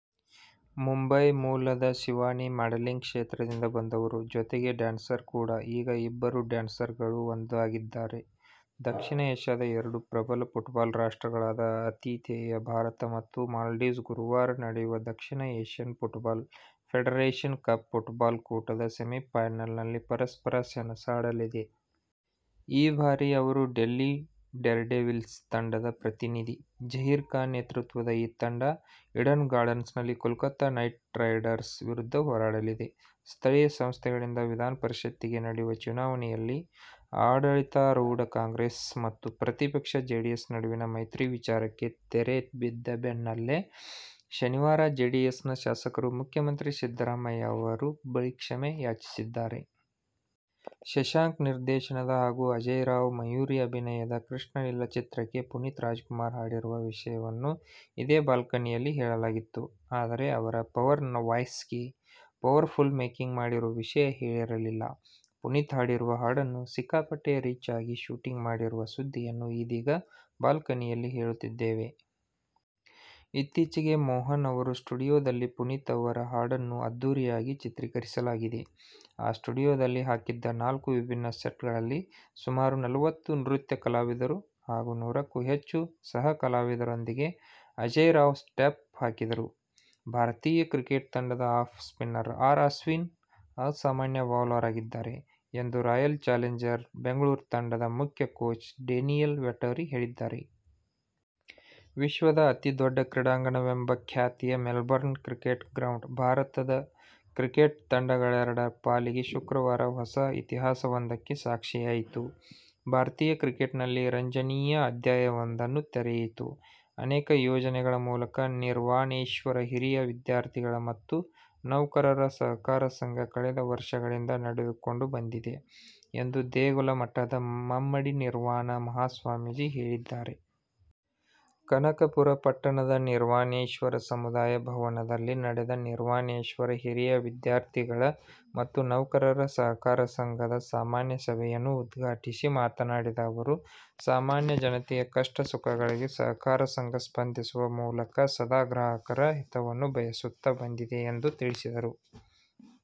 ಮುಂಬೈ ಮೂಲದ ಶಿವಾನಿ ಮಾಡೆಲಿಂಗ್ ಕ್ಷೇತ್ರದಿಂದ ಬಂದವರು. ಜೊತೆಗೆ ಡ್ಯಾನ್ಸರ್ ಕೂಡಾ. ಈಗ ಇಬ್ಬರು ಡ್ಯಾನ್ಸರ್ಗಳು ಒಂದಾಗುತ್ತಿದ್ದಾರೆ. ದಕ್ಷಿಣ ಏಶ್ಯದ ಎರಡು ಪ್ರಬಲ ಫುಟ್ಬಾಲ್ ರಾಷ್ಟ್ರಗಳಾದ ಆತಿ ಥೇಯ ಭಾರತ ಮತ್ತು ಮಾಲ್ದೀವ್ಸ್ ಗುರುವಾರ ನಡೆಯುವ ದಕ್ಷಿಣ Asian Football Federation Cup football ಕೂಟದ ಸೆಮಿಫೈನಲ್ನಲ್ಲಿ ಪರಸ್ಪರ ಸೆಣಸಾಡಲಿದೆ. ಈ ಬಾರಿ ಅವರು ಡೆಲ್ಲಿ ಡೇರ್ಡೆವಿಲ್ಸ್ ತಂಡದ ಪ್ರತಿನಿಧಿ. ಜಹೀರ್ ಖಾನ್ ನೇತೃತ್ವದ ಈ ತಂಡ "ಈಡನ್ ಗಾರ್ಡನ್ಸ್'ನಲ್ಲಿ ಕೋಲ್ಕತಾ ನೈಟ್ರೈಡರ್ ವಿರುದ್ಧ ಹೋರಾಡಲಿದೆ. ಸ್ಥಳೀಯ ಸಂಸ್ಥೆಗಳಿಂದ ವಿಧಾನಪರಿಷತ್ತಿಗೆ ನಡೆಯುವ ಚುನಾವಣೆಯಲ್ಲಿ ಆಡಳಿತಾರೂಢ ಕಾಂಗ್ರೆಸ್ ಮತ್ತು ಪ್ರತಿಪಕ್ಷ ಜೆಡಿಎಸ್ ನಡುವಿನ ಮೈತ್ರಿ ವಿಚಾರಕ್ಕೆ ತೆರೆ ಬಿದ್ದ ಬೆನ್ನಲ್ಲೇ ಶನಿವಾರ ಜೆಡಿಎಸ್ನ ಶಾಸಕರು ಮುಖ್ಯಮಂತ್ರಿ ಸಿದ್ದರಾಮಯ್ಯ ಅವರು ಬಳಿ ಕ್ಷಮೆ ಯಾಚಿಸಿದ್ದಾರೆ. ಶಶಾಂಕ್ ನಿರ್ದೇಶನದ ಹಾಗು ಅಜೇಯ್ ರಾವ್, ಮಯೂರಿ ಅಭಿನಯದ "ಕೃಷ್ಣಲೀಲ' ಚಿತ್ರಕ್ಕೆ ಪುನೀತ್ ರಾಜ್ಕುಮಾರ್ ಹಾಡಿರುವ ವಿಷಯವನ್ನು ಇದೇ ಬಾಲ್ಕನಿಯಲ್ಲಿ ಹೇಳಲಾಗಿತ್ತು. ಆದರೆ, ಅವರ "ಪವರ್ ವಾಯ್ಸ'ಗೆ ಪವರ್ಫುಲ್ ಮೇಕಿಂಗ್ ಮಾಡಿರೋ ವಿಷಯ ಹೇಳಿರಲಿಲ್ಲ. ಪುನೀತ್ ಹಾಡಿರುವ ಹಾಡನ್ನು ಸಿಕ್ಕಾಪಟ್ಟೆ ರಿಚ್ ಆಗಿ ಶೂಟಿಂಗ್ ಮಾಡಿರುವ ಸುದ್ದಿಯನ್ನು ಇದೀಗ ಬಾಲ್ಕನಿಯಲ್ಲಿ ಹೇಳುತ್ತಿದ್ದೇವೆ. ಇತ್ತೀಚೆಗೆ ಮೋಹನ್ ಅವರ ಸ್ಟುಡಿಯೋದಲ್ಲಿ ಪುನೀತ್ ಅವರ ಹಾಡನ್ನು ಅದ್ಧೂರಿಯಾಗಿ ಚಿತ್ರೀಕರಿಸಲಾಗಿದೆ. ಆ ಸ್ಟುಡಿಯೋದಲ್ಲಿ ಹಾಕಿದ್ದ ನಾಲ್ಕು ವಿಭಿನ್ನ ಸೆಟ್ಗಳಲ್ಲಿ ಸುಮಾರು ನಲವತ್ತು ನೃತ್ಯ ಕಲಾವಿದರು ಹಾಗು ನೂರಕ್ಕು ಹೆಚ್ಚು ಸಹಕಲಾವಿದರೊಂದಿಗೆ ಅಜೇಯ್ರಾವ್ ಸ್ಟೆಪ್ ಹಾಕಿದರು. ಭಾರತೀಯ ಕ್ರಿಕೆಟ್ ತಂಡದ ಆಫ್ ಸ್ಪಿನ್ನರ್ ಆರ್. ಅಶ್ವಿನ್ ಅಸಾಮಾನ್ಯ ಬೌಲರ್ ಆಗಿದ್ದಾರೆ ಎಂದು ರಾಯಲ್ ಚಾಲೆಂಜರ್ ಬೆಂಗಳೂರ್ ತಂಡದ ಮುಖ್ಯ ಕೋಚ್ ಡೇನಿಯಲ್ ವೆಟರಿ ಹೇಳಿದ್ದಾರೆ. ವಿಶ್ವದ ಅತಿ ದೊಡ್ಡ ಕ್ರೀಡಾಂಗಣವೆಂಬ ಖ್ಯಾತಿಯ "ಮೆಲ್ಬರ್ನ್ ಕ್ರಿಕೆಟ್ ಗ್ರೌಂಡ್' ಭಾರತದ ಕ್ರಿಕೆಟ್ ತಂಡಗಳೆಡರ ಪಾಲಿಗೆ ಶುಕ್ರವಾರ ಹೊಸ ಇತಿಹಾಸವೊಂದಕ್ಕೆ ಸಾಕ್ಷಿಯಾಯಿತು. ಭಾರತೀಯ ಕ್ರಿಕೆಟ್ನಲ್ಲಿ ರಂಜನೀಯ ಅಧ್ಯಾಯವೊಂದನ್ನು ತೆರೆಯಿತು. ಅನೇಕ ಯೋಜನೆಗಳ ಮೂಲಕ ನಿರ್ವಾಣೇಶ್ವರ ಹಿರಿಯ ವಿದ್ಯಾರ್ಥಿಗಳ ಮತ್ತು ನೌಕರರ ಸಹಕಾರ ಸಂಘ ಕಳೆದ ವರ್ಷಗಳಿಂದ ನಡೆದುಕೊಂಡು ಬಂದಿದೆ ಎಂದು ದೇಗುಲ ಮಠದ ಮುಮ್ಮಡಿ ನಿರ್ವಾಣ ಮಹಾಸ್ವಾಮೀಜಿ ಹೇಳಿದ್ದಾರೆ. ಕನಕಪುರ ಪಟ್ಟಣದ ನಿರ್ವಾಣೇಶ್ವರ ಸಮುದಾಯ ಭವನದಲ್ಲಿ ನಡೆದ ನಿರ್ವಾಣೇಶ್ವರ ಹಿರಿಯ ವಿದ್ಯಾರ್ಥಿಗಳ ಮತ್ತು ನೌಕರರ ಸಹಕಾರ ಸಂಘದ ಸಾಮಾನ್ಯ ಸಭೆಯನ್ನು ಉದ್ಘಾಟಿಸಿ ಮಾತನಾಡಿದ ಅವರು, ಸಾಮಾನ್ಯ ಜನತೆಯ ಕಷ್ಟ ಸುಖಗಳಿಗೆ ಸಹಕಾರ ಸಂಘ ಸ್ಪಂದಿಸುವ ಮೂಲಕ ಸದಾ ಗ್ರಾಹಕರ ಹಿತವನ್ನು ಬಯಸುತ್ತಾ ಬಂದಿದೆ ಎಂದು ತಿಳಿಸಿದರು.